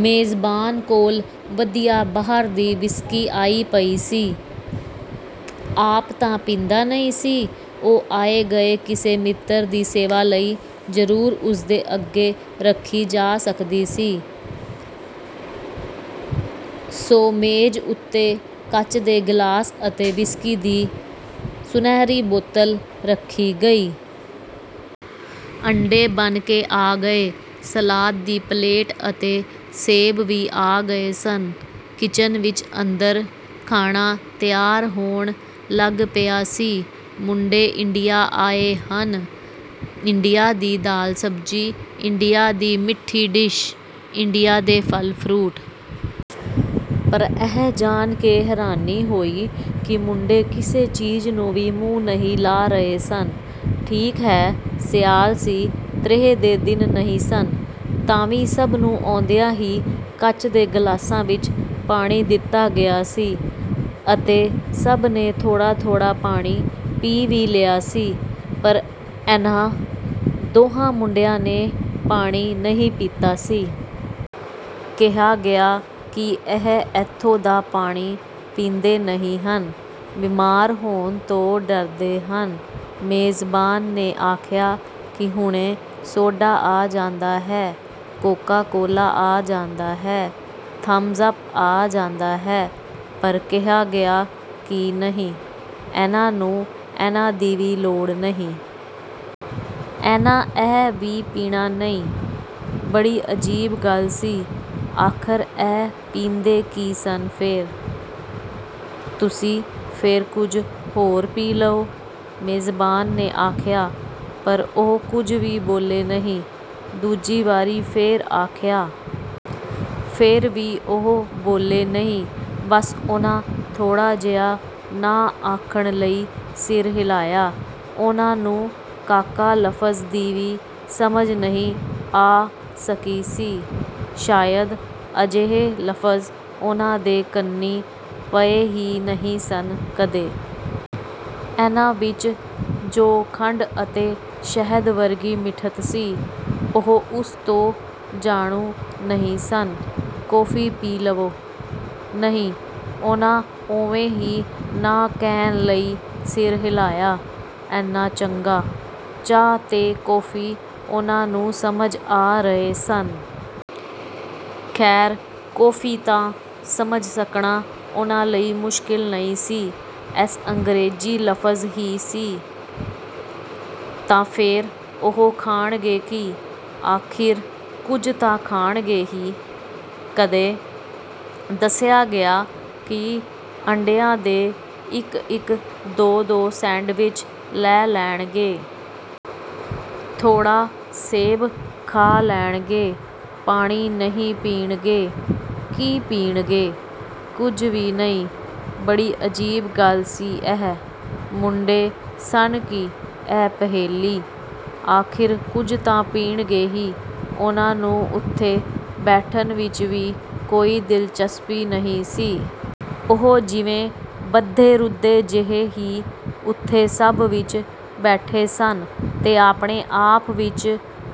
ਮੇਜ਼ਬਾਨ ਕੋਲ ਵਧੀਆ ਬਾਹਰ ਦੀ ਵਿਸਕੀ ਆਈ ਪਈ ਸੀ। ਆਪ ਤਾਂ ਪੀਂਦਾ ਨਹੀਂ ਸੀ ਉਹ ਆਏ ਗਏ ਕਿਸੇ ਮਿੱਤਰ ਦੀ ਸੇਵਾ ਲਈ ਜ਼ਰੂਰ ਉਸ ਦੇ ਅੱਗੇ ਰੱਖੀ ਜਾ ਸਕਦੀ ਸੀ। ਸੋ ਮੇਜ਼ ਉਤੇ ਕੱਚ ਦੇ ਗਲਾਸ ਅਤੇ ਵਿਸਕੀ ਦੀ ਸੁਨਹਿਰੀ ਬੋਤਲ ਰੱਖੀ ਗਈ। ਅੰਡੇ ਬਣ ਕੇ ਆ ਗਏ। ਸਲਾਦ ਦੀ ਪਲੇਟ ਅਤੇ ਸੇਬ ਵੀ ਆ ਗਏ ਸਨ। ਕਿਚਨ ਵਿਚ ਅੰਦਰ ਖਾਣਾ ਤਿਆਰ ਹੋਣ ਲੱਗ ਪਿਆ ਸੀ। ਮੁੰਡੇ ਇੰਡੀਆ ਆਏ ਹਨ। ਇੰਡੀਆ ਦੀ ਦਾਲ-ਸਬਜ਼ੀ ਇੰਡੀਆ ਦੀ ਮਿੱਠੀ ਡਿਸ਼, ਇੰਡੀਆ ਦੇ ਫਲ-ਫਰੂਟ। ਪਰ ਇਹ ਜਾਣ ਕੇ ਹੈਰਾਨੀ ਹੋਈ ਕਿ ਮੁੰਡੇ ਕਿਸੇ ਚੀਜ਼ ਨੂੰ ਵੀ ਮੂੰਹ ਨਹੀਂ ਲਾ ਰਹੇ ਸਨ। ਠੀਕ ਹੈ, ਸਿਆਲ ਸੀ, ਤ੍ਰੇਹ ਦੇ ਦਿਨ ਨਹੀਂ ਸਨ, ਤਾਂ ਵੀ ਸਭ ਨੂੰ ਆਉਂਦਿਆਂ ਹੀ ਕੱਚ ਦੇ ਗਲਾਸਾਂ ਵਿਚ ਪਾਣੀ ਦਿੱਤਾ ਗਿਆ ਸੀ ਅਤੇ ਸਭ ਨੇ ਥੋੜ੍ਹਾ-ਥੋੜ੍ਹਾ ਪਾਣੀ ਪੀ ਵੀ ਲਿਆ ਸੀ ਪਰ ਇਹਨਾਂ ਦੋਹਾਂ ਮੁੰਡਿਆਂ ਨੇ ਪਾਣੀ ਨਹੀਂ ਪੀਤਾ ਸੀ। ਕਿਹਾ ਗਿਆ ਕਿ ਇਹ ਏਥੋਂ ਦਾ ਪਾਣੀ ਪੀਂਦੇ ਨਹੀਂ ਹਨ। ਬੀਮਾਰ ਹੋਣ ਤੋਂ ਡਰਦੇ ਹਨ। ਮੇਜ਼ਬਾਨ ਨੇ ਆਖਿਆ ਕਿ ਹੁਣੇ ਸੋਡਾ ਆ ਜਾਂਦਾ ਹੈ, ਕੋਕਾ ਕੋਲਾ ਆ ਜਾਂਦਾ ਹੈ, ਥਮਜ਼ ਅੱਪ ਆ ਜਾਂਦਾ ਹੈ ਪਰ ਕਿਹਾ ਗਿਆ ਕਿ ਨਹੀਂ, ਇਹਨਾਂ ਨੂੰ ਇਹਨਾਂ ਦੀ ਵੀ ਲੋੜ ਨਹੀਂ। ਇਹਨਾਂ ਇਹ ਵੀ ਪੀਣਾ ਨਹੀਂ। ਬੜੀ ਅਜੀਬ ਗੱਲ ਸੀ। ਆਖ਼ਰ ਇਹ ਪੀਂਦੇ ਕੀ ਸਨ ਫੇਰ? ਤੁਸੀਂ ਫੇਰ ਕੁੱਝ ਹੋਰ ਪੀ ਲਓ। " ਮੇਜ਼ਬਾਨ ਨੇ ਆਖਿਆ ਪਰ ਉਹ ਕੁਝ ਵੀ ਬੋਲੇ ਨਹੀਂ। ਦੂਜੀ ਵਾਰੀ ਫੇਰ ਆਖਿਆ। ਫੇਰ ਵੀ ਉਹ ਬੋਲੇ ਨਹੀਂ। ਬੱਸ ਉਹਨਾਂ ਥੋੜ੍ਹਾ ਜਿਹਾ ਨਾਂਹ ਆਖਣ ਲਈ ਸਿਰ ਹਿਲਾਇਆ। ਉਹਨਾਂ ਨੂੰ "ਕਾਕਾ" ਲਫ਼ਜ਼ ਦੀ ਵੀ ਸਮਝ ਨਹੀਂ ਆ ਸਕੀ ਸੀ। ਸ਼ਾਇਦ ਅਜਿਹੇ ਲਫ਼ਜ਼ ਉਹਨਾਂ ਦੇ ਕੰਨੀ ਪਏ ਹੀ ਨਹੀਂ ਸਨ ਕਦੇ। ਇਹਨਾਂ ਵਿਚ ਜੋ ਖੰਡ ਅਤੇ ਸ਼ਹਿਦ ਵਰਗੀ ਮਿੱਠਤ ਸੀ, ਉਹ ਉਸ ਤੋਂ ਜਾਣੂ ਨਹੀਂ ਸਨ। "ਕੌਫੀ ਪੀ ਲਵੋ? " "ਨਹੀਂ" ਉਹਨਾਂ ਉਵੇਂ ਹੀ ਨਾਂਹ ਕਹਿਣ ਲਈ ਸਿਰ ਹਿਲਾਇਆ। ਏਨਾ ਚੰਗਾ, ਚਾਹ ਤੇ ਕੌਫ਼ੀ ਉਹਨਾਂ ਨੂੰ ਸਮਝ ਆ ਰਹੇ ਸਨ। ਖ਼ੈਰ, ਕੌਫ਼ੀ ਤਾਂ ਸਮਝ ਸਕਣਾ ਉਹਨਾਂ ਲਈ ਮੁਸ਼ਕਿਲ ਨਹੀਂ ਸੀ। ਇਸ ਅੰਗਰੇਜ਼ੀ ਲਫ਼ਜ਼ ਹੀ ਸੀ। ਤਾਂ ਫੇਰ, ਉਹ ਖਾਣਗੇ ਕੀ? ਆਖ਼ਿਰ ਕੁੱਝ ਤਾਂ ਖਾਣਗੇ ਹੀ? ਕਦੇ ਦੱਸਿਆ ਗਿਆ ਕਿ ਅੰਡਿਆਂ ਦੇ ਇਕ-ਇਕ ਦੋ-ਦੋ ਸੈਂਡਵਿਚ ਲੈ ਲੈਣਗੇ। ਥੋੜ੍ਹਾ ਸੇਬ ਖਾ ਲੈਣਗੇ। ਪਾਣੀ ਨਹੀਂ ਪੀਣਗੇ। ਕੀ ਪੀਣਗੇ? ਕੁਝ ਵੀ ਨਹੀਂ। ਬੜੀ ਅਜੀਬ ਗੱਲ ਸੀ ਇਹ। ਮੁੰਡੇ ਸਨ ਕਿ ਇਕ ਪਹੇਲੀ। ਆਖ਼ਰ ਕੁਝ ਤਾਂ ਪੀਣਗੇ ਹੀ? ਉਹਨਾਂ ਨੂੰ ਉਥੇ ਬੈਠਣ ਵਿਚ ਵੀ ਕੋਈ ਦਿਲਚਸਪੀ ਨਹੀਂ ਸੀ। ਉਹ ਜਿਵੇਂ ਬੱਧੇ ਰੁੱਧੇ ਜਿਹੇ ਹੀ ਉਥੇ ਸਭ ਵਿਚ ਬੈਠੇ ਸਨ ਤੇ ਆਪਣੇ ਆਪ ਵਿਚ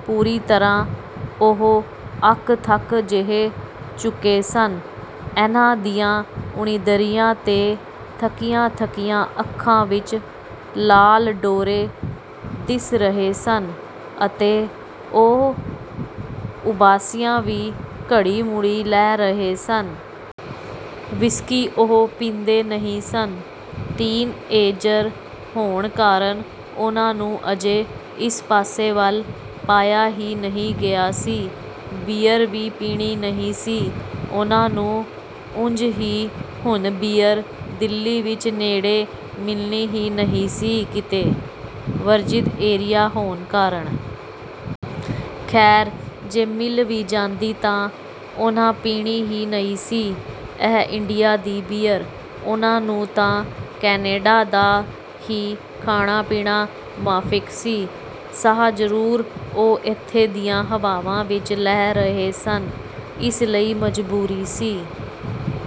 ਪੂਰੀ ਤਰ੍ਹਾਂ ਉਹ ਅੱਕ-ਥੱਕ ਜਿਹੇ ਚੁੱਕੇ ਸਨ। ਇਹਨਾਂ ਦੀਆਂ ਉਣੀਂਦਰੀਆਂ ਤੇ ਥੱਕੀਆਂ-ਥੱਕੀਆਂ ਅੱਖਾਂ ਵਿਚ ਲਾਲ ਡੋਰੇ ਦਿਸ ਰਹੇ ਸਨ ਅਤੇ ਉਹ ਉਬਾਸੀਆਂ ਵੀ ਘੜੀ ਮੁੜੀ ਲੈ ਰਹੇ ਸਨ। ਵਿਸਕੀ ਉਹ ਪੀਂਦੇ ਨਹੀਂ ਸਨ। ਟੀਨ ਏਜ਼ਰ ਹੋਣ ਕਾਰਨ ਉਹਨਾਂ ਨੂੰ ਅਜੇ ਇਸ ਪਾਸੇ ਵੱਲ ਪਾਇਆ ਹੀ ਨਹੀਂ ਗਿਆ ਸੀ। ਬੀਅਰ ਵੀ ਪੀਣੀ ਨਹੀਂ ਸੀ। ਉਹਨਾਂ ਨੂੰ ਉਂਝ ਵੀ ਹੁਣ ਬੀਅਰ ਦਿੱਲੀ ਵਿਚ ਨੇੜੇ ਮਿਲਣੀ ਹੀ ਨਹੀਂ ਸੀ ਕਿਤੇ, ਵਰਜਿਤ ਏਰੀਆ ਹੋਣ ਕਾਰਨ। ਖ਼ੈਰ, ਜੇ ਮਿਲ ਵੀ ਜਾਂਦੀ ਤਾਂ ਉਹਨਾਂ ਪੀਣੀ ਹੀ ਨਹੀਂ ਸੀ ਇਹ ਇੰਡੀਆ ਦੀ ਬੀਅਰ। ਉਹਨਾਂ ਨੂੰ ਤਾਂ ਕੈਨੇਡਾ ਦਾ ਹੀ ਖਾਣਾ-ਪੀਣਾ ਮੁਆਫ਼ਿਕ ਸੀ। ਸਾਹ ਜ਼ਰੂਰ ਉਹ ਏਥੇ ਦੀਆਂ ਹਵਾਵਾਂ ਵਿਚ ਲੈ ਰਹੇ ਸਨ। ਇਸ ਲਈ ਮਜ਼ਬੂਰੀ ਸੀ।